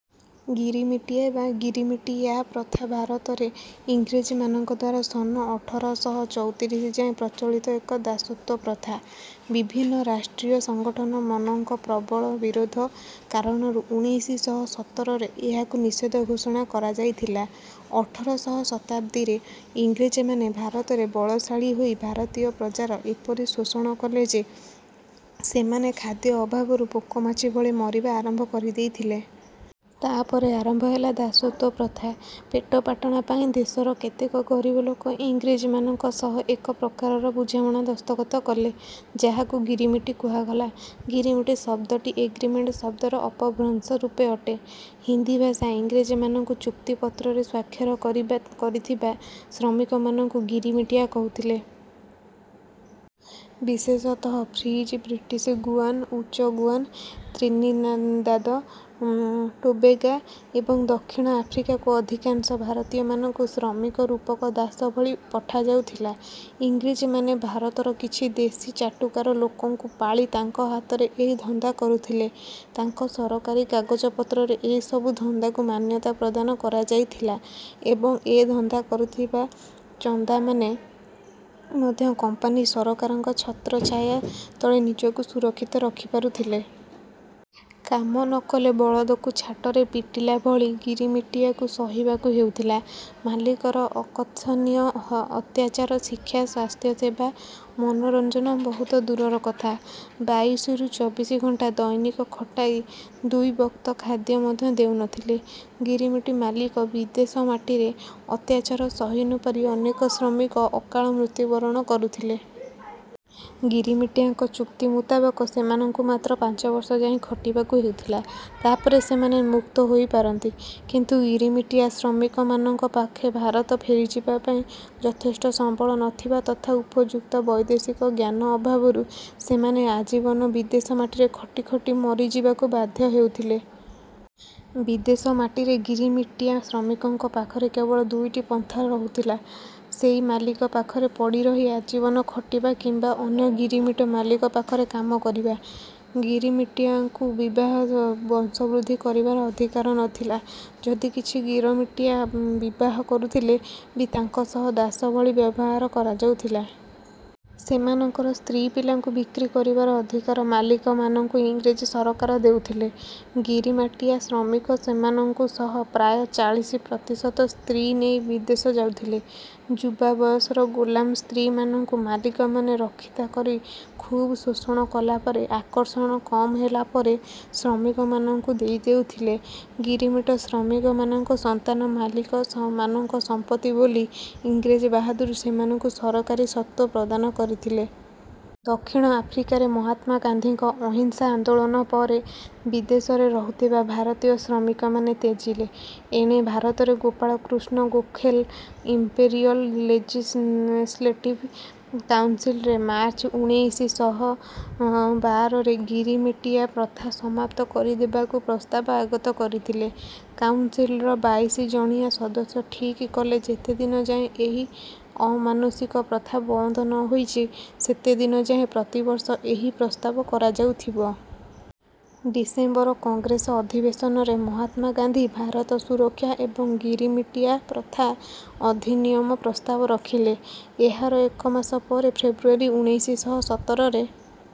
ଗିରିମିଟିଆ ବା ଗିରମିଟିୟା ପ୍ରଥା ଭାରତରେ ଇଂରେଜ ମାନଙ୍କଦ୍ୱାରା ସନ ଅଠର ଶହ ଚଉତିରିଶ ଯାଏଁ ପ୍ରଚଳିତ ଏକ ଦାସତ୍ୱ ପ୍ରଥା। ବିଭିନ୍ନ ରାଷ୍ଟ୍ରୀୟ ସଂଗଠନ ମନଙ୍କ ପ୍ରବଳ ବିରୋଧ କାରଣରୁ ଉଣେଇଶି ଶହ ସତର ରେ ଏହାକୁ ନିଷେଧ ଘୋଷଣା କରାଯାଇଥିଲା। ଅଠର ଶହ ଶତାବ୍ଦୀରେ ଇଂରେଜ ମାନେ ଭାରତରେ ବଳଶାଳୀ ହୋଇ ଭାରତୀୟ ପ୍ରଜାର ଏପରି ଶୋଷଣ କଲେ ଯେ ସେମାନେ ଖାଦ୍ୟ ଅଭାବରୁ ପୋକମାଛି ଭଳି ମରିବା ଆରମ୍ଭ କରିଦେଇଥିଲେ। ତାପରେ ଆରମ୍ଭ ହେଲା ଦାସତ୍ୱ ପ୍ରଥା। ପେଟପାଟଣା ପାଇଁ ଦେଶର କେତେକ ଗରିବ ଲୋକେ ଇଂରେଜ ମାନଙ୍କ ସହ ଏକ ପ୍ରକାରର ବୁଝାମଣା ଦସ୍ତଖତ କଲେ ଯାହାକୁ ଗିରମିଟ କୁହାଗଲା। ଗିରମିଟ ଶବ୍ଦଟି ଏଗ୍ରିମେଣ୍ଟ ଶବ୍ଦର ଅପଭ୍ରଂଶ ରୂପ ଅଟେ। ହିନ୍ଦୀଭାଷୀ ଇଂରେଜମାନଙ୍କ ଚୁକ୍ତିପତ୍ରରେ ସ୍ୱାକ୍ଷର କରିଥିବା ଶ୍ରମିକମାନଙ୍କୁ ଗିରିମିଟିୟା କହୁଥିଲେ। ବିଶେଷତଃ Fiji, British Guiana, Dutch Guiana, Trinidad Tobago ଏବଂ ଦକ୍ଷିଣ ଆଫ୍ରିକାକୁ ଅଧିକାଂଶ ଭାରତୀୟମାନଙ୍କୁ ଶ୍ରମିକ ରୂପକ ଦାସ ଭଳି ପାଠାଯାଉଥିଲା। ଇଂରେଜ ମାନେ ଭାରତର କିଛି ଦେଶୀ ଚାଟୁକାର ଲୋକଙ୍କୁ ପାଳି ତାଙ୍କ ହାତରେ ଏଇ ଧନ୍ଦା କରୁଥିଲେ। ତାଙ୍କ ସରକାରୀ କାଗଜପତ୍ରରେ ଏ ସବୁ ଧନ୍ଦାକୁ ମାନ୍ଯତା ପ୍ରଦାନ କରାଯାଇଥିଲା ଏବଂ ଏ ଧନ୍ଦା କରୁଥିବା ଚନ୍ଦାମାନେ ମଧ୍ୟ କମ୍ପାନୀ ସରକାରଙ୍କ ଛତ୍ରଛାୟା ତଳେ ନିଜକୁ ସୁରକ୍ଷିତ ରଖିପାରୁଥିଲେ। କାମ ନ କଲେ ବଳଦକୁ ଛାଟରେ ପିଟିଲା ଭଳି ଗିରମିଟିଆକୁ ସହିବାକୁ ହେଉଥିଲା ମାଲିକର ଅକଥନୀୟ ଅତ୍ୟାଚାର ଶିକ୍ଷା ସ୍ୱାସ୍ଥ୍ୟସେବା ମନୋରଂଜନ ବହୁତ ଦୂରର କଥା। ବାଇଶି ରୁ ଚବିଶ ଘଣ୍ଟା ଦୈନିକ ଖଟାଇ ଦୁଇ ବକ୍ତ ଖାଦ୍ୟ ମଧ୍ୟ ଦେଉନଥିଲେ ଗିରମିଟ ମାଲିକ। ବିଦେଶ ମାଟିରେ ଅତ୍ୟାଚାର ସହି ନ ପାରି ଅନେକ ଶ୍ରମିକ ଅକାଳ ମୃତ୍ୟୁବରଣ କରୁଥିଲେ। ଗିରମିଟିଆଙ୍କ ଚୁକ୍ତି ମୁତାବକ ସେମାନଙ୍କୁ ମାତ୍ର ପାଞ୍ଚବର୍ଷ ଯାଏଁ ଖଟିବାକୁ ହେଉଥିଲା। ତାପରେ ସେମାନେ ମୁକ୍ତ ହୋଇପାରନ୍ତି। କିନ୍ତୁ ଗିରମିଟିଆ ଶ୍ରମିକମାନଙ୍କ ପାଖରେଭାରତ ଫେରିଯିବା ପାଇଁ ଯଥେଷ୍ଟ ସମ୍ବଳ ନଥିବା ତଥା ଉପଯୁକ୍ତ ବୈଦେଶିକ ଜ୍ଞାନ ଅଭାବରୁ ସେମାନେ ଆଜୀବନ ବିଦେଶ ମାଟିରେ ଖଟି ଖଟି ମରିଯିବାକୁ ବାଧ୍ଯ ହେଉଥିଲେ। ବିଦେଶ ମାଟିରେ ଗିରମିଟିଆ ଶ୍ରମିକଙ୍କ ପାଖରେ କେବଳ ଦୁଇଟି ପନ୍ଥା ରହୁଥିଲାସେଇ ମାଲିକ ପାଖରେ ପଡିରହି ଆଜୀବନ ଖଟିବା କିମ୍ବା ଅନ୍ଯ ଗିରମିଟ ମାଲିକ ପାଖରେ କାମ କରିବା। ଗିରମିଟିଆକୁ ବିବାହ ବଂଶବୃଦ୍ଧି କରିବାର ଅଧିକାର ନଥିଲା। ଯଦି କିଛି ଗିରମାଟିଆ ବିବାହ କରୁଥିଲେ ବି ତାଙ୍କ ସହ ଦାସ ଭଳି ବ୍ଯବହାର କରାଯାଉଥିଲା। ସେମାନଙ୍କର ସ୍ତ୍ରୀ ପିଲାଙ୍କୁ ବିକ୍ରୀ କରିବାର ଅଧିକାର ମାଲିକମାନଙ୍କୁ ଇଂରେଜ ସରକାର ଦେଉଥିଲେ। ଗିରମାଟିଆ ଶ୍ରମିକ ସେମାନଙ୍କ ସହ ପ୍ରାୟଃ ଚାଳିସ ପ୍ରତିଶତ ସ୍ତ୍ରୀନେଇ ବିଦେଶ ଯାଉଥିଲେ। ଯୁବା ବୟସର ଗୋଲାମ ସ୍ତ୍ରୀମାନଙ୍କୁ ମାଲିକ ମାନେ ରକ୍ଷିତା କରି ଖୁବ ଶୋଷଣ କଲାପରେ ଆକର୍ଷଣ କମ ହେଲା ପରେ ଶ୍ରମିକମାନଙ୍କୁ ଦେଇଦେଉଥିଲେ ଗିରମିଟ ଶ୍ରମିକ ମାନଙ୍କ ସନ୍ତାନ ମାଲିକ ମାନଙ୍କ ସମ୍ପତ୍ତି ବୋଲି ଇଂରେଜ ବାହାଦୁର ସେମାନଙ୍କୁ ସରକାରୀ ସତ୍ତ୍ୱ ପ୍ରଦାନ କରିଥିଲେ। ଦକ୍ଷିଣ ଆଫ୍ରିକାରେ ମହାତ୍ମା ଗାନ୍ଧୀଙ୍କ ଅହିଂସା ଆନ୍ଦୋଳନ ପରେ ବିଦେଶରେ ରହୁଥିବା ଭାରତୀୟ ଶ୍ରମିକ ମାନେ ତେଜିଲେ। ଏଣେ ଭାରତରେ ଗୋପାଳ କୃଷ୍ଣ ଗୋଖଲେ, ଇମ୍ପେରିୟଲ ଲେଜିସ୍ଲେଟିଭ କାଉନସିଲରେ ମାର୍ଚ୍ଚ ଉଣେଇଶି ଶହ ବାରରେ ଗିରମିଟିଆ ପ୍ରଥା ସମାପ୍ତ କରିଦେବାକୁ ପ୍ରସ୍ତାବ ଆଗତ କରିଥିଲେ। କାଉନସିଲର ବାଇଶି ଜଣିଆ ସଦସ୍ୟ ଠିକ କଲେ ଯେତେଦିନ ଯାଏଁ ଏହି ଅମାନୁଷିକ ପ୍ରଥା ବନ୍ଦ ନ ହୋଇଛି ସେତେଦିନ ଯାଏଁ ପ୍ରତିବର୍ଷ ଏହି ପ୍ରସ୍ତାବ କରାଯାଉଥିବ। ଡିସେମ୍ବର କଂଗ୍ରେସ ଅଧିବେଶନରେ ମହାତ୍ମା ଗାନ୍ଧୀ, ଭାରତ ସୁରକ୍ଷା ଏବଂ ଗିରମିଟିଆ ପ୍ରଥା ଅଧିନିୟମ ପ୍ରସ୍ତାବ ରଖିଲେ। ଏହାର ଏକ ମାସ ପରେ ଫେବୃଆରୀ ଉଣେଇଶି ଶହ ସତରରେ